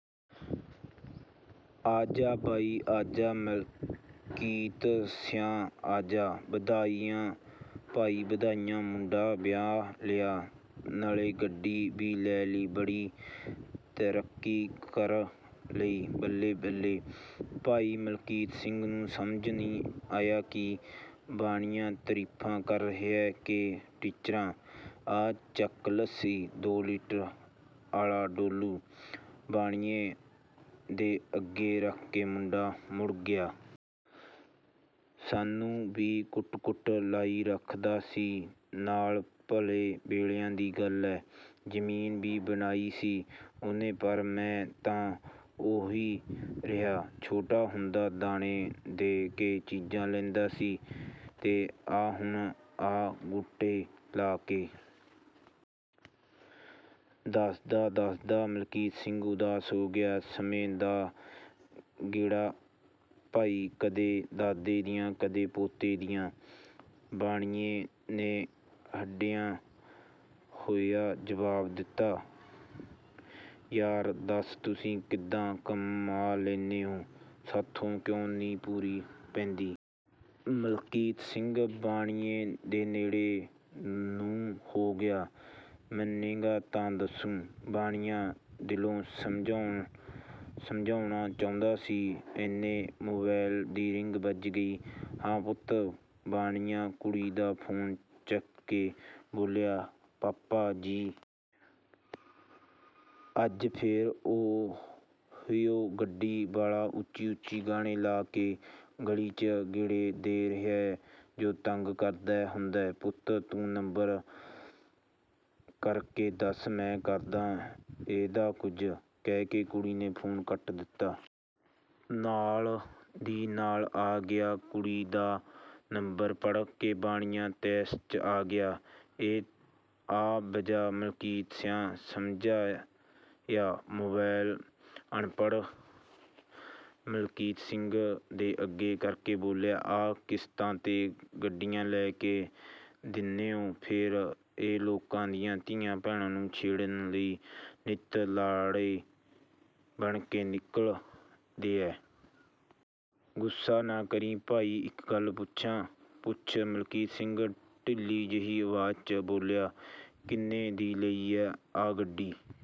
ਆਜਾ ਭਾਈ ਆਜਾ ਮਲਕੀਤ ਸੀਆਂ ਆਜਾ! ਵਧਾਈਆਂ ਭਾਈ ਵਧਾਈਆਂ, ਮੁੰਡਾ ਵਿਆਹ ਲਿਆ ਨਾਲੇ ਗੱਡੀ ਵੀ ਲੇ ਲਈ, ਬੜੀ ਤਰੱਕੀ ਕਰ ਲਈ ਬੱਲੇ-ਬੱਲੇ। ਭਾਈ ਮਲਕੀਤ ਸਿੰਘ ਨੂੰ ਸਮਝ ਨੀ ਆਇਆ ਕੀ ਬਾਣੀਆਂ ਤਰੀਫਾਂ ਕਰ ਰਿਹਾ ਕੇ ਟਿੱਚਰਾਂ "ਆ ਚੱਕ ਲੱਸੀ" ਦੋ ਲੀਟਰ ਆਲਾ ਡੋਲੂ ਬਾਣੀਏ ਦੇ ਅੱਗੇ ਰੱਖ ਕੇ ਮੁੰਡਾ ਮੁੜ ਗਿਆ। ਸਾਨੂੰ ਵੀ ਕੁੱਟ-ਕੁੱਟ ਲਾਈ ਰੱਖ ਦਾ ਸੀ ਨਾਲ। ਭਲੇ ਵੇਲਿਆਂ ਦੀ ਗੱਲ ਆ, ਜਮੀਨ ਵੀ ਬਣਾਈ ਸੀ ਓਹਨੇ ਪਰ ਮੈਂ ਤਾਂ ਓਹੀ ਰਿਹਾ। ਛੋਟਾ ਹੁੰਦਾ ਦਾਣੇ ਦੇ ਕੇ ਚੀਜ਼ਾਂ ਲੈਂਦਾ ਸੀ ਤੇ ਆ ਹੁਣ ਆਹ ਗੂਠੇ ਲਾ ਕੇ।" ਦੱਸਦਾ-ਦੱਸਦਾ ਮਲਕੀਤ ਸਿੰਘ ਉਦਾਸ ਹੋ ਗਿਆ। "ਸਮੇ ਦਾ ਗੇੜਾ ਭਾਈ, ਕਦੇ ਦਾਦੇ ਦੀਆਂ, ਕਦੇ ਪੋਤੇ ਦੀਆਂ।" ਬਾਣੀਏ ਨੇਂ ਹੰਢਿਆ ਹੋਇਆ ਜਵਾਬ ਦਿੱਤਾ। "ਯਾਰ ਦਸ ਤੁਸੀਂ ਕਿਦਾਂ ਕਮਾ ਲੈਨੇ ਓ, ਸਾਥੋਂ ਕਿਉਂ ਨੀ ਪੂਰੀ ਪੈਂਦੀ? ਮਲਕੀਤ ਸਿੰਘ ਬਾਣੀਏ ਦੇ ਨੇੜੇ ਨੂੰ ਹੋ ਗਿਆ। "ਮੰਨੇਗਾ ਤਾਂ ਦੱਸੂ।" ਬਾਣੀਆਂ ਦਿਲੋਂ ਸਮਝਾਉਣਾ ਚਾਉਂਦਾ ਸੀ ਏਨੇ ਮੋਬਾਇਲ ਦੀ ਰਿੰਗ ਵੱਜ ਗਈ। "ਹਾਂ ਪੁੱਤ" ਬਾਣੀਆਂ ਕੁੜੀ ਦਾ ਫੋਨ ਚੱਕ ਕੇ ਬੋਲਿਆ। " ਪਾਪਾ ਜੀ! ਅੱਜ ਫਿਰ ਓਹੀਓ ਗੱਡੀ ਵਾਲਾ ਉੱਚੀ-ਉੱਚੀ ਗਾਣੇ ਲਾ ਕੇ ਗਲੀ ਚ ਗੇੜੇ ਦੇ ਰਿਹਾ, ਜੋ ਤੰਗ ਕਰਦਾ ਹੁੰਦਾ।" ਪੁੱਤ ਤੂੰ ਨੰਬਰ ਕਰ ਕੇ ਦੱਸ ਮੈਂ ਕਰਦਾ ਇਹਦਾ ਕੁਜ।" ਕਹਿ ਕੇ ਕੁੜੀ ਨੇ ਫੋਨ ਕੱਟ ਦਿੱਤਾ। ਨਾਲ ਦੀ ਨਾਲ ਆ ਗਿਆ ਕੁੜੀ ਦਾ, ਨੰਬਰ ਪੜ ਕੇ ਬਾਣੀਆਂ ਤੈਸ਼ 'ਚ ਆ ਗਿਆ। "ਇਹ ਆ ਵਜ੍ਹਾ ਮਲਕੀਤ ਸੀਆਂ, ਸਮਝਿਆ?" ਮੋਬਾਇਲ ਅਨਪੜ੍ਹ ਮਲਕੀਤ ਸਿੰਘ ਦੇ ਅੱਗੇ ਕਰਕੇ ਬੋਲਿਆ, " ਆ ਕਿਸ਼ਤਾਂ ਤੇ ਗੱਡੀਆਂ ਲੈ ਕੇ ਦਿੰਨੇ ਓ ਫੇਰ ਏ ਲੋਕਾਂ ਦੀਆਂ ਧੀਆਂ ਭੈਣਾਂ ਨੂੰ ਛੇੜਣ ਲਈ ਨਿਤ ਲਾੜੇ ਬਣ ਕੇ ਨਿਕਲ ਦੇ ਐ। ਗੁੱਸਾ ਨਾ ਕਰੀ ਭਾਈ ਇੱਕ ਗੱਲ ਪੁੱਛਾਂ? "ਪੁੱਛ" ਮਲਕੀਤ ਸਿੰਘ ਢਿੱਲੀ ਜਿਹੀ ਆਵਾਜ਼ 'ਚ ਬੋਲਿਆ।" ਕਿੰਨੇ ਦੀ ਲੀ ਆ ਗੱਡੀ?